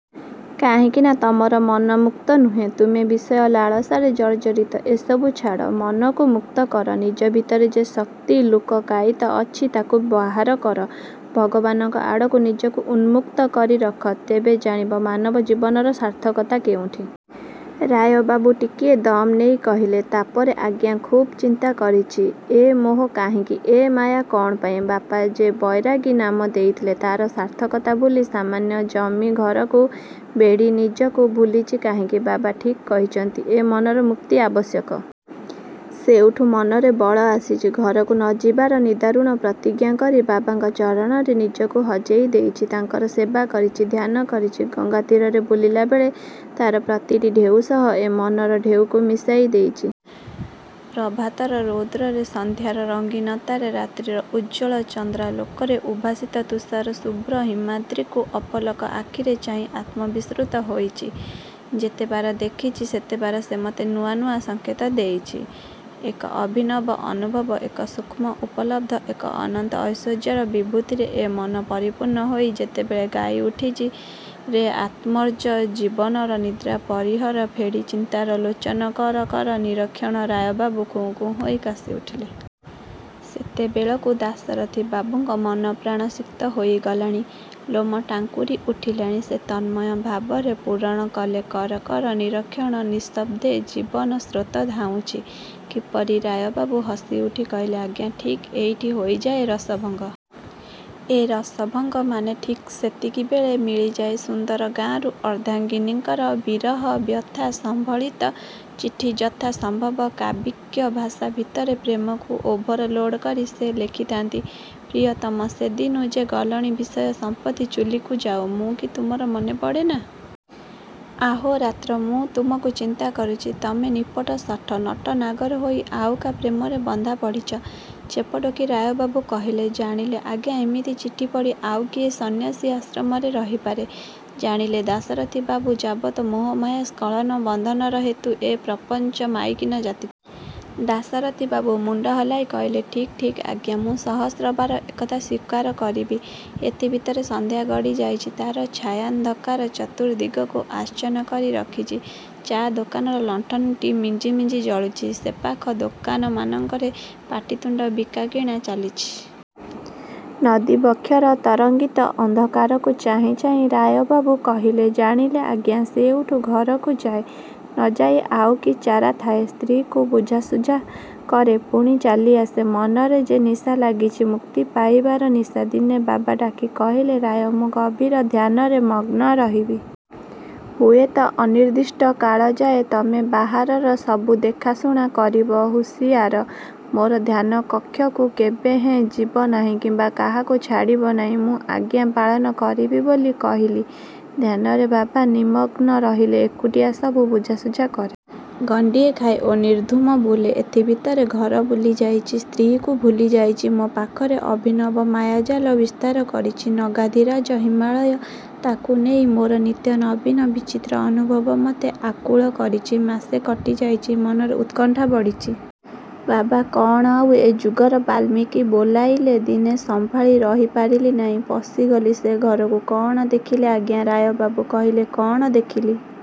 କାହିଁକି ନା ତମର ମନ ମୁକ୍ତ ନୁହେଁ, ତୁମେ ବିଷୟ ଲାଳସାରେ ଜର୍ଜରିତ। ଏସବୁ ଛାଡ଼, ମନକୁ ମୁକ୍ତ କର ନିଜ ଭିତରେ ଯେ ଶକ୍ତି ଲୁକକାୟିତ ଅଛି ତାକୁ ବାହାର କର। ଭଗବାନଙ୍କ ଆଡ଼କୁ ନିଜକୁ ଉନ୍ମୁକ୍ତ କରି ରଖ ତେବେ ଜାଣିବ ମାନବ ଜୀବନର ସାର୍ଥକତା କେଉଁଠି। ରାୟବାବୁ ଟିକିଏ ଦମ୍ ନେଇ କହିଲେ ତାପରେ ଆଜ୍ଞା ଖୁବ୍ ଚିନ୍ତା କରିଛି। ଏ ମୋହ କାହିଁକି? ଏ ମାୟା କଣ ପାଇଁ? ବାପା ଯେ ବୈରାଗୀ ନାମ ଦେଇଥିଲେ ତାର ସାର୍ଥକତା ଭୁଲି ସାମାନ୍ୟ ଜମି ଘରକୁ ବେଢ଼ି ନିଜକୁ ଭୁଲିଚି କାହିଁକି? ବାବା ଠିକ୍ କହିଛନ୍ତି ଏ ମନର ମୁକ୍ତି ଆବଶ୍ୟକ । ସେଉଠୁ ମନରେ ବଳ ଆସିଚି ଘରକୁ ନ ଯିବାର, ନିଦାରୁଣ ପ୍ରତିଜ୍ଞା କରି ବାବାଙ୍କ ଚରଣରେ ନିଜକୁ ହଜେଇ ଦେଇଚି। ତାଙ୍କର ସେବା କରିଛି, ଧ୍ୟାନ କରିଛି, ଗଙ୍ଗା ତୀରରେ ବୁଲିଲା ବେଳେ ତାର ପ୍ରତିଟି ଢ଼େଉ ସହ ଏ ମନର ଢ଼େଉକୁ ମିଶାଇ ଦେଇଚି। ପ୍ରଭାତର ରୌଦ୍ରରେ, ସନ୍ଧ୍ୟାର ରଙ୍ଗୀନତାରେ, ରାତ୍ରିର ଉଜ୍ଜଳ ଚନ୍ଦ୍ରାଲୋକରେ ଉଦ୍ଭାସିତ ତୁଷାର ଶୁଭ୍ର ହିମାଦ୍ରୀକୁ ଅପଲକ ଆଖିରେ ଚାହିଁ ଆତ୍ମବିସୃତ ହୋଇଚି। ଯେତେବାର ଦେଖିଚି ସେତେବାର ସେ ମତେ ନୂଆ ନୂଆ ସଙ୍କେତ ଦେଇଚି। ଏକ ଅଭିନବ, ଅନୁଭବ, ଏକ ସୂକ୍ଷ୍ମ ଉପଲବ୍ଧ, ଏକ ଅନନ୍ତ ଐଶ୍ୱର୍ଯ୍ୟର ବିଭୂତିରେ ଏ ମନ ପରିପୂର୍ଣ୍ଣ ହୋଇ ଯେତେବେଳେ ଗାଇ ଉଠିଚି ରେ ଆତ୍ମନ୍ଜ ଜୀବନର ନିଦ୍ରା ପରିହର ଫେଡ଼ି ଚିନ୍ତାର ଲୋଚନ କର କର ନିରୀକ୍ଷଣ ରାୟବାବୁ ଖୁଁ ଖୁଁ ହୋଇ କାଶି ଉଠିଲେ। ସେତେବେଳକୁ ଦାଶରଥିବାବୁଙ୍କ ମନ ପ୍ରାଣ ସିକ୍ତ ହୋଇଗଲାଣି, ଲୋମ ଟାଙ୍କୁରି ଉଠିଲାଣି। ସେ ତନ୍ମୟ ଭାବରେ ପୂରଣ କଲେ କର କର ନିରୀକ୍ଷଣ, ନିଃଶବ୍ଦେ ଜୀବନ ସ୍ରୋତ ଧାଉଁଚି କିପରି? ରାୟବାବୁ ହସି ଉଠି କହିଲେ ଆଜ୍ଞା ଠିକ୍ ଏଇଠି ହୋଇଯାଏ ରସ ଭଙ୍ଗ । ଏ ରସ ଭଙ୍ଗ? ମାନେ ଠିକ୍ ସେତିକିବେଳେ ମିଳିଯାଏ ସୁଦୂର ଗାଁରୁ ଅର୍ଦ୍ଧାଙ୍ଗୀନୀଙ୍କର ବିରହ ବ୍ୟଥା ସମ୍ବଳିତ ଚିଠି ଯଥା ସମ୍ଭବ କାବ୍ୟିକ ଭାଷା ଭିତରେ ପ୍ରେମକୁ ଓଭର ଲୋଡ଼ କରି ସେ ଲେଖିଥାନ୍ତି ପ୍ରିୟତମ, ସେ ଦିନୁ ଯେ ଗଲଣି ବିଷୟ ସମ୍ପତ୍ତି ଚୁଲିକୁ ଯାଉ, ମୁ କି ତୁମର ମନେପଡ଼େ ନା? ଅହୋରାତ୍ର ମୁଁ ତୁମକୁ ଚିନ୍ତା କରୁଚି ତମେ ନିପଟ ଶଠ, ନଟନାଗର ହୋଇ ଆଉ କା ପ୍ରେମରେ ବନ୍ଧା ପଡ଼ିଚ ଛେପ ଢୋକି ରାୟବାବୁ କହିଲେ, ଜାଣିଲେ ଆଜ୍ଞା ଏମିତି ଚିଠି ପଢ଼ି ଆଉ କିଏ ସନ୍ନ୍ୟାସୀ ଆଶ୍ରମରେ ରହିପାରେ। ଜାଣିଲେ ଦାଶରଥି ବାବୁ ଯାବତ ମୋହ ମାୟା, ସ୍ଖଳନ, ବନ୍ଧନର ହେତୁ ଏ ପ୍ରପଞ୍ଚ ମାଇକିନା ଜାତିଟା। ଦାଶରଥି ବାବୁ ମୁଣ୍ଡ ହଲାଇ କହିଲେ ଠିକ୍ ଠିକ୍ ଆଜ୍ଞା। ମୁଁ ସହସ୍ର ବାର ଏକଥା ସ୍ଵୀକାର କରିବି। ଏଥି ଭିତରେ ସନ୍ଧ୍ୟା। ଗଡ଼ିଯାଇଚି। ତାର ଛାୟାନ୍ଧକାର ଚତୁର୍ଦ୍ଦିଗକୁ ଆଚ୍ଛନ୍ନ କରି ରଖିଚି। ଚା ଦୋକାନର ଲଣ୍ଠନଟି ମିଞ୍ଜି ମିଞ୍ଜି ଜଳୁଚି। ସେପାଖ ଦୋକାନମାନଙ୍କରେ ପାଟିତୁଣ୍ଡ, ବିକାକିଣା ଚାଲିଚି। ନଦୀ ବକ୍ଷର ତରଙ୍ଗିତ ଅନ୍ଧକାରକୁ ଚାହିଁ ଚାହିଁ ରାୟ ବାବୁ କହିଲେ ଯାଣିଲେ ଆଜ୍ଞା ସେଇଠୁ ଘରକୁ ଯାଏ, ନ ଯାଇ ଆଉକି ଚାରାଥାଏ। ସ୍ତ୍ରୀକୁ ବୁଝାଶୁଝା କରେ, ପୁଣି ଚାଲି ଆସେ। ମନରେ ଯେ ନିଶାଲାଗିଚି ମୁକ୍ତି ପାଇବାର ନିଶା। ଦିନେ ବାବା ଡାକି କହିଲେ ରାୟ ମୁଁ ଗଭୀର ଧ୍ୟାନରେ ମଗ୍ନ ରହିବି। ହୁଏତ ଅନିର୍ଦ୍ଦିଷ୍ଟ କାଳଯାଏ। ତମେ ବାହାରର ସବୁ ଦେଖାଶୁଣା କରିବ। ହୁସିଆର, ମୋର ଧ୍ୟାନ କକ୍ଷକୁ କେବେହେଁ ଯିବ ନାହିଁ କିମ୍ବା କାହାକୁ ଛାଡ଼ିବ ନାହିଁ। ମୁଁ ଆଜ୍ଞା ପାଳନ କରିବି ବୋଲି କହିଲି। ଧ୍ୟାନରେ ବାବା ନିମଗ୍ନ ରହିଲେ। ଏକୁଟିଆ ସବୁ ବୁଝାଶୁଝା କରେ। ଗଣ୍ଡିଏ ଖାଏ ଓ ନିର୍ଦ୍ଧୁମ ବୁଲେ। ଏଥି ଭିତରେ ଘର ଭୁଲିଯାଇଚି, ସ୍ତ୍ରୀକୁ ଭୁଲିଯାଇଚି। ମୋ ପାଖରେ ଅଭିନବ ମାୟାଜାଲ ବିସ୍ତାର କରିଚି ନଗାଧିରାଜ ହିମାଳୟ। ତାକୁ ନେଇ ମୋର ନିତ୍ୟ ନବୀନ ବିଚିତ୍ର ଅନୁଭବ ମତେ ଆକୁଳ କରିଚି। ମାସେ କଟି ଯାଇଚି, ମନରେ ଉତ୍କଣ୍ଠା ବଢ଼ିଚି। ବାବା କଣ ଆଉ ଏ ଯୁଗର ବାଲ୍ମୀକି ବୋଲାଇଲେ ଦିନେ ସମ୍ଭାଳି ରହିପାରିଲି ନାହିଁ, ପଶିଗଲି ସେ ଘରକୁ। କଣ ଦେଖିଲେ ଆଜ୍ଞା? ରାୟ ବାବୁ କହିଲେ, କଣ ଦେଖିଲି